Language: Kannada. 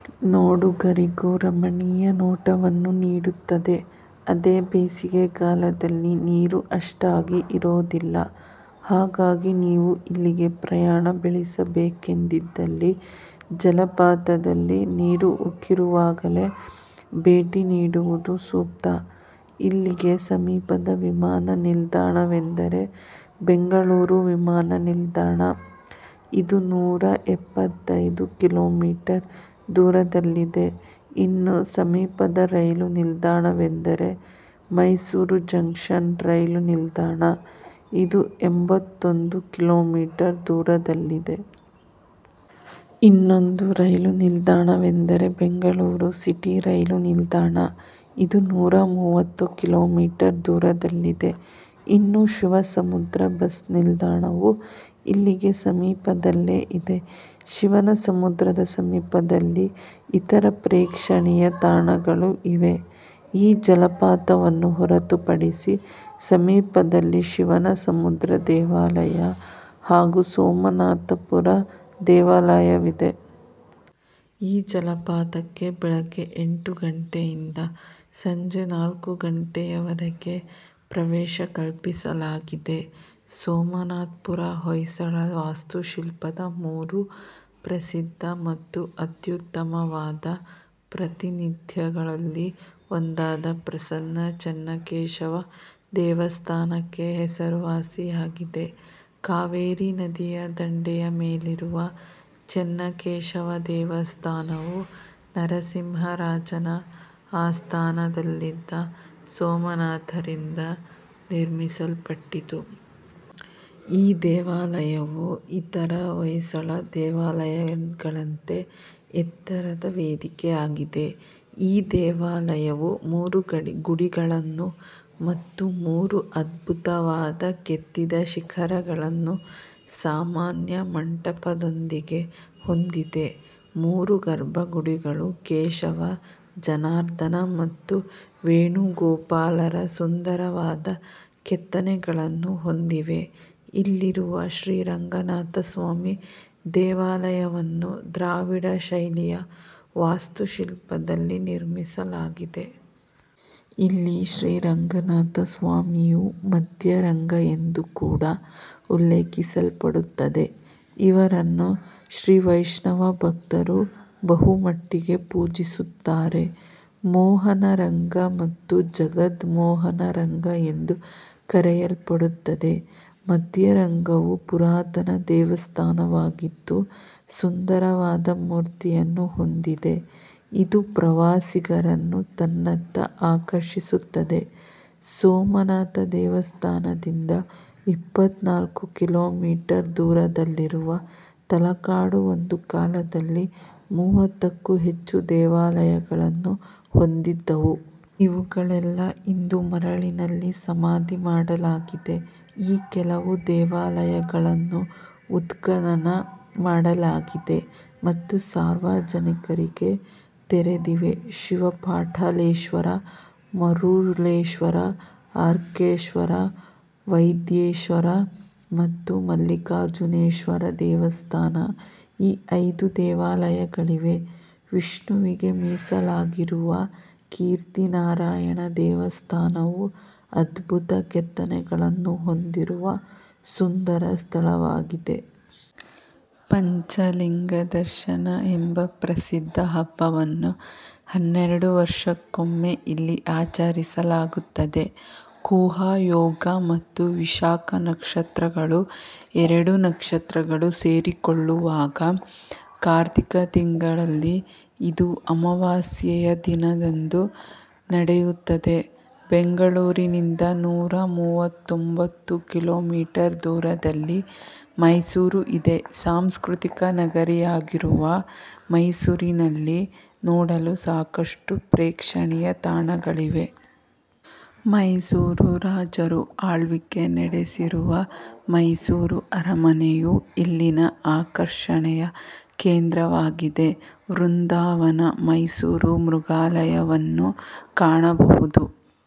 ನೋಡುಗರಿಗೂ ರಮಣೀಯ ನೋಟವನ್ನು ನೀಡುತ್ತದೆ. ಅದೇ ಬೇಸಿಗೆಗಾಲದಲ್ಲಿ ನೀರು ಅಷ್ಟಾಗಿ ಇರೋದಿಲ್ಲ. ಹಾಗಾಗಿ ನೀವು ಇಲ್ಲಿಗೆ ಪ್ರಯಾಣ ಬೆಳೆಸಬೇಕೆಂದಿದ್ದಲ್ಲಿ ಜಲಪಾತದಲ್ಲಿ ನೀರು ಉಕ್ಕಿರುವಾಗಲೇ ಭೇಟಿ ನೀಡುವುದು ಸೂಕ್ತ. ಇಲ್ಲಿಗೆ ಸಮೀಪದ ವಿಮಾನ ನಿಲ್ದಾಣವೆಂದರೆ ಬೆಂಗಳೂರು ವಿಮಾನ ನಿಲ್ದಾಣ. ಇದು ನೂರ ಎಪ್ಪತ್ತೈದು ಕಿಲೋಮೀಟರ್ ದೂರದಲ್ಲಿದೆ. ಇನ್ನು ಸಮೀಪದ ರೈಲು ನಿಲ್ದಾಣವೆಂದರೆ ಮೈಸೂರು ಜಂಕ್ಷನ್ ರೈಲು ನಿಲ್ದಾಣ ಇದು ಎಂಬತ್ತೊಂದು ಕಿಲೋಮೀಟರ್ ದೂರದಲ್ಲಿದೆ. ಇನ್ನೊಂದು ರೈಲು ನಿಲ್ದಾಣವೆಂದರೆ ಬೆಂಗಳೂರು ಸಿಟಿ ರೈಲು ನಿಲ್ದಾಣ ಇದು ನೂರ ಮೂವತ್ತು ಕಿಲೋಮೀಟರ್ ದೂರದಲ್ಲಿದೆ. ಇನ್ನು ಶಿವನಸಮುದ್ರ ಬಸ್ ನಿಲ್ದಾಣವು ಇಲ್ಲಿಗೆ ಸಮೀಪದಲ್ಲೇ ಇದೆ. ಶಿವನಸಮುದ್ರದ ಸಮೀಪದಲ್ಲಿ ಇತರ ಪ್ರೇಕ್ಷಣೀಯ ತಾಣಗಳೂ ಇವೆ. ಈ ಜಲಪಾತವನ್ನು ಹೊರತುಪಡಿಸಿ ಸಮೀಪದಲ್ಲಿ ಶಿವನಸಮುದ್ರ ದೇವಾಲಯ ಹಾಗೂ ಸೋಮನಾಥಪುರ ದೇವಾಲಯವಿದೆ. ಈ ಜಲಪಾತಕ್ಕೆ ಬೆಳಗ್ಗೆ ಎಂಟು ಗಂಟೆಯಿಂದ ಸಂಜೆ ನಾಲ್ಕು ಗಂಟೆಯವರೆಗೆ ಪ್ರವೇಶ ಕಲ್ಪಿಸಲಾಗಿದೆ. ಸೋಮನಾಥ್ಪುರ್ ಹೊಯ್ಸಳ ವಾಸ್ತುಶಿಲ್ಪದ ಮೂರು ಪ್ರಸಿದ್ಧ ಮತ್ತು ಅತ್ಯುತ್ತಮವಾದ ಪ್ರಾತಿನಿಧ್ಯಗಳಲ್ಲಿ ಒಂದಾದ ಪ್ರಸನ್ನ ಚೆನ್ನಕೇಶವ ದೇವಸ್ಥಾನಕ್ಕೆ ಹೆಸರುವಾಸಿಯಾಗಿದೆ. ಕಾವೇರಿ ನದಿಯ ದಂಡೆಯ ಮೇಲಿರುವ ಚೆನ್ನಕೇಶವ ದೇವಸ್ಥಾನವು ನರಸಿಂಹ ರಾಜನ ಆಸ್ಥಾನದಲ್ಲಿದ್ದ ಸೋಮನಾಥರಿಂದ ನಿರ್ಮಿಸಲ್ಪಟ್ಟಿತು. ಈ ದೇವಾಲಯವು ಇತರ ಹೊಯ್ಸಳ ದೇವಾಲಯಗಳಂತೆ ಎತ್ತರದ ವೇದಿಕೆಯಾಗಿದೆ. ಈ ದೇವಾಲಯವು ಮೂರು ಗುಡಿಗಳನ್ನು ಮತ್ತು ಮೂರು ಅದ್ಭುತವಾದ ಕೆತ್ತಿದ ಶಿಖರಗಳನ್ನು ಸಾಮಾನ್ಯ ಮಂಟಪದೊಂದಿಗೆ ಹೊಂದಿದೆ. ಮೂರು ಗರ್ಭಗುಡಿಗಳು ಕೇಶವ, ಜನಾರ್ಧನ ಮತ್ತು ವೇಣುಗೋಪಾಲರ ಸುಂದರವಾದ ಕೆತ್ತನೆಗಳನ್ನು ಹೊಂದಿವೆ. ಇಲ್ಲಿರುವ ಶ್ರೀ ರಂಗನಾಥಸ್ವಾಮಿ ದೇವಾಲಯವನ್ನು ದ್ರಾವಿಡ ಶೈಲಿಯ ವಾಸ್ತುಶಿಲ್ಪದಲ್ಲಿ ನಿರ್ಮಿಸಲಾಗಿದೆ. ಇಲ್ಲಿ ಶ್ರೀ ರಂಗನಾಥಸ್ವಾಮಿಯು "ಮಧ್ಯ ರಂಗ" ಎಂದು ಕೂಡ ಉಲ್ಲೇಖಿಸಲ್ಪಡುತ್ತದೆ. ಇವರನ್ನು ಶ್ರೀ ವೈಷ್ಣವ ಭಕ್ತರು ಬಹುಮಟ್ಟಿಗೆ ಪೂಜಿಸುತ್ತಾರೆ. ಮೋಹನ ರಂಗ ಮತ್ತು ಜಗದ್ಮೋಹನ ರಂಗ ಎಂದು ಕರೆಯಲ್ಪಡುತ್ತದೆ. ಮಧ್ಯ ರಂಗವು ಪುರಾತನ ದೇವಸ್ಥಾನವಾಗಿದ್ದು ಸುಂದರವಾದ ಮೂರ್ತಿಯನ್ನು ಹೊಂದಿದೆ. ಇದು ಪ್ರವಾಸಿಗರನ್ನು ತನ್ನತ್ತ ಆಕರ್ಷಿಸುತ್ತದೆ. ಸೋಮನಾಥ ದೇವಸ್ಥಾನದಿಂದ ಇಪ್ಪತ್ನಾಲ್ಕು ಕಿಲೋಮೀಟರ್ ದೂರದಲ್ಲಿರುವ ತಲಕಾಡು ಒಂದು ಕಾಲದಲ್ಲಿ ಮೂವತ್ತಕ್ಕೂ ಹೆಚ್ಚು ದೇವಾಲಯಗಳನ್ನು ಹೊಂದಿದ್ದವು. ಇವುಗಳೆಲ್ಲಾ ಇಂದು ಮರಳಿನಲ್ಲಿ ಸಮಾಧಿ ಮಾಡಲಾಗಿದೆ. ಈ ಕೆಲವು ದೇವಾಲಯಗಳನ್ನು ಉತ್ಖನನ ಮಾಡಲಾಗಿದೆ ಮತ್ತು ಸಾರ್ವಜನಿಕರಿಗೆ ತೆರೆದಿವೆ. ಶಿವ ಪಾಠಲೇಶ್ವರ, ಮರೂಲೆಶ್ವರ, ಅರ್ಕೇಶ್ವರ, ವೈದೇಶ್ವರ ಮತ್ತು ಮಲ್ಲಿಕಾರ್ಜುನೇಶ್ವರ ದೇವಸ್ಥಾನ ಈ ಐದು ದೇವಾಲಯಗಳಿವೆ. ವಿಷ್ಣುವಿಗೆ ಮೀಸಲಾಗಿರುವ ಕೀರ್ತಿನಾರಾಯಣ ದೇವಸ್ಥಾನವು ಅದ್ಭುತ ಕೆತ್ತನೆಗಳನ್ನು ಹೊಂದಿರುವ ಸುಂದರ ಸ್ಥಳವಾಗಿದೆ. ಪಂಚ ಲಿಂಗ ದರ್ಶನ ಎಂಬ ಪ್ರಸಿದ್ಧ ಹಬ್ಬವನ್ನು ಹನ್ನೆರಡು ವರ್ಷಕ್ಕೊಮ್ಮೆ ಇಲ್ಲಿ ಆಚರಿಸಲಾಗುತ್ತದೆ. ಖುಹಾ ಯೋಗ ಮತ್ತು ವಿಶಾಕ ನಕ್ಷತ್ರಗಳು ಎರಡು ನಕ್ಷತ್ರಗಳು ಸೇರಿಕೊಳ್ಳುವಾಗ ಕಾರ್ತಿಕಾ ತಿಂಗಳಲ್ಲಿ ಇದು ಅಮಾವಾಸ್ಯೆಯ ದಿನದಂದು ನಡೆಯುತ್ತದೆ. ಬೆಂಗಳೂರಿನಿಂದ ನೂರ ಮೂವತ್ತೊಂಬತ್ತು ಕಿಲೋಮೀಟರ್ ದೂರದಲ್ಲಿ ಮೈಸೂರು ಇದೆ. ಸಾಂಸ್ಖೃತಿಕ ನಗರಿಯಾಗಿರುವ ಮೈಸೂರಿನಲ್ಲಿ ನೋಡಲು ಸಾಕಷ್ಟು ಪ್ರೇಕ್ಷಣೀಯ ತಾಣಗಳಿವೆ. ಮೈಸೂರು ರಾಜರು ಆಳ್ವಿಕೆ ನಡೆಸಿರುವ ಮೈಸೂರು ಅರಮನೆಯು ಇಲ್ಲಿನ ಆಕರ್ಷಣೆಯ ಕೇಂದ್ರವಾಗಿದೆ. ವೃಂದಾವನ, ಮೈಸೂರು ಮೃಗಾಲಯವನ್ನು ಕಾಣಬಹುದು.